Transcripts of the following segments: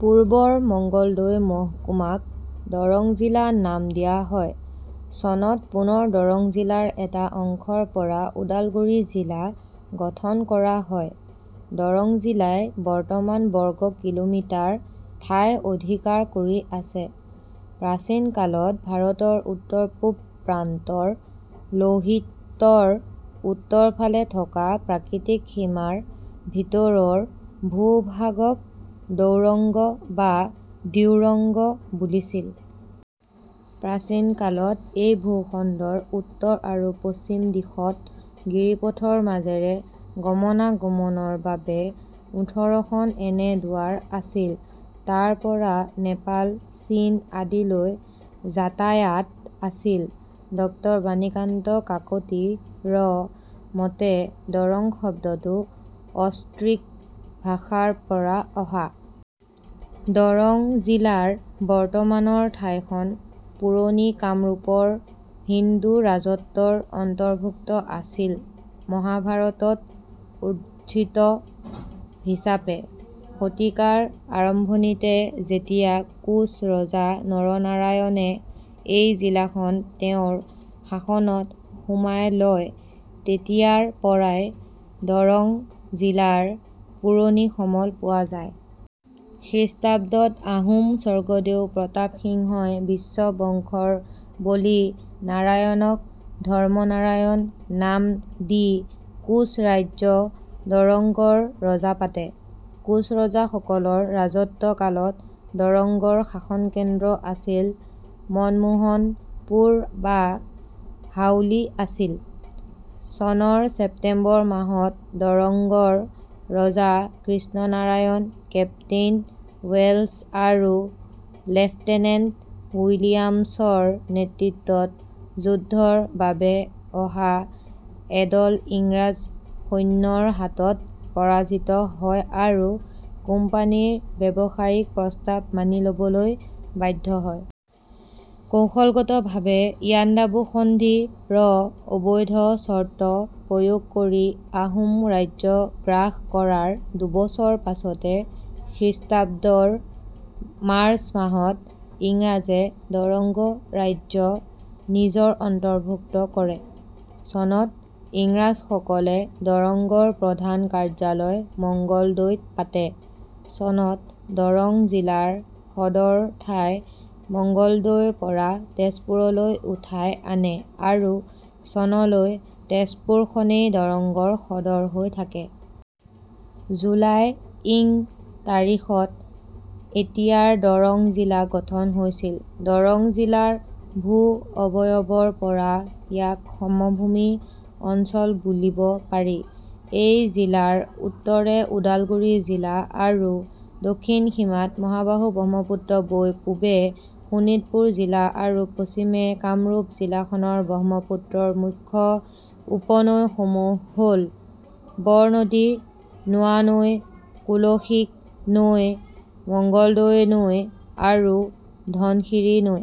পূৰ্বৰ মঙ্গলদৈ মহকুমাক দৰং জিলা নাম দিয়া হয়। চনত পুনৰ দৰং জিলাৰ এটা অংশৰ পৰা ওদালগুৰি জিলা গঠন কৰা হয়। দৰং জিলাই বৰ্তমান বৰ্গ কিলোমিটাৰ ঠাই অধিকাৰ কৰি আছে। প্ৰাচীনকালত ভাৰতৰ উত্তৰ পূব প্ৰান্তৰ লৌহিত্যৰ উত্তৰ ফালে থকা প্ৰাকৃতিক সীমাৰ ভিতৰৰ ভূ-ভাগক দৌৰঙ্গ বা দ্যোৰঙ্গ বুলিছিল। প্ৰাচীন কালত এই ভূ-খণ্ডৰ উত্তৰ আৰু পশ্চিম দিশত গিৰিপথৰ মাজেৰে গমনা-গমনৰ বাবে ওঁঠৰখন এনে দুৱাৰ আছিল। তাৰ পৰা নেপাল, চীন আদিলৈ যাতায়াত আছিল। ড॰ বাণীকান্ত কাকতি ৰ মতে দৰং শব্দতো অষ্ট্ৰিক ভাষাৰ পৰা অহা। দৰং জিলাৰ বৰ্তমানৰ ঠাইখন পুৰণি কামৰূপৰ হিন্দু ৰাজত্বৰ অন্তৰ্ভুক্ত আছিল মহাভাৰতত উৰ্দ্ধিত হিচাপে। শতিকাৰ আৰম্ভণিতে যেতিয়া কোঁচ ৰজা নৰনাৰায়ণে এই জিলাখন তেওঁৰ শাসনত সোমাই লয় তেতিয়াৰ পৰাই দৰং জিলাৰ পুৰনি সমল পোৱা যায়। খ্ৰীষ্টাব্দত আহোম স্বৰ্গদেউ প্ৰতাপ সিংহই বিশ্ব বংশৰ বলি নাৰায়নক, ধৰ্মনাৰায়ন নাম দি কোচ ৰাজ্য দৰঙ্গৰ ৰজা পাতে। কোচৰজা সকলৰ ৰাজত্ব কালত দৰঙ্গৰ শাসনকেন্দ্ৰ আছিল মনমোহনপূৰ বা হাউলি আছিল। চনৰ ছেপ্তেম্বৰ মাহত দৰঙ্গৰ ৰজা কৃষ্ণ নাৰায়ণ, কেপ্তেইন ৱেলছ আৰু লেফটেনেণ্ট উইলিয়ামছৰ নেতৃত্বত যুদ্ধৰ বাবে অহা এদল ইংৰাজ সৈন্যৰ হাতত পৰাজিত হয় আৰু কোম্পানীৰ ব্যৱসায়িক প্ৰস্তাৱ মানি লবলৈ বাধ্য হয়। কৌশলগতভাৱে ইয়াণ্ডাবু সন্ধি ৰ অবৈধ চৰ্ত প্ৰয়োগ কৰি আহোম ৰাজ্য গ্ৰাস কৰাৰ দুবছৰ পাছতে খ্ৰীঃৰ মাৰ্চ মাহত ইংৰাজে দৰঙ্গ ৰাজ্য নিজৰ অন্তৰ্ভুক্ত কৰে। চনত ইংৰাজসকলে দৰঙ্গৰ প্ৰধান কাৰ্যালয় মঙ্গলদৈত পাতে। চনত দৰং জিলাৰ সদৰ ঠাই মঙ্গলদৈৰ পৰা তেজপুৰলৈ উঠাই আনে আৰু চনলৈ তেজপুৰ খনেই দৰঙ্গৰ সদৰ হৈ থাকে। জুলাই ইং তাৰিখত এতিয়াৰ দৰং জিলা গঠন হৈছিল। দৰং জিলাৰ ভূ অৱয়বৰ পৰা ইয়াক সমভূমি অঞ্চল বুলিব পাৰি। এই জিলাৰ উত্তৰে ওদালগুৰি জিলা আৰু দক্ষিণ সীমাত মহাবাহু ব্ৰহ্মপুত্ৰ বৈ পূবে শোণিতপুৰ জিলা আৰু পশ্চিমে কামৰূপ জিলাখনৰ ব্ৰহ্মপুত্ৰৰ মুখ্য উপনৈ সমূহ হ'ল- বৰনদী, নোৱানৈ, কুলশীক নৈ, মঙ্গলদৈ নৈ আৰু ধনশিৰি নৈ।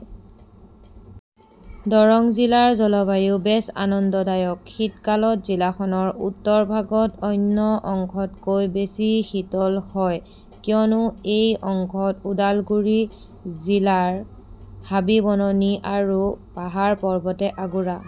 দৰং জিলাৰ জলবায়ু বেছ আনন্দদায়ক। শীতকালত জিলাখনৰ উত্তৰ ভাগত অন্য অংশতকৈ বেছি শীতল হয় কিয়নো এই অংশত ওডালগুৰি জিলাৰ হাবি-বননি আৰু পাহাৰ-পৰ্বতে আগুৰা।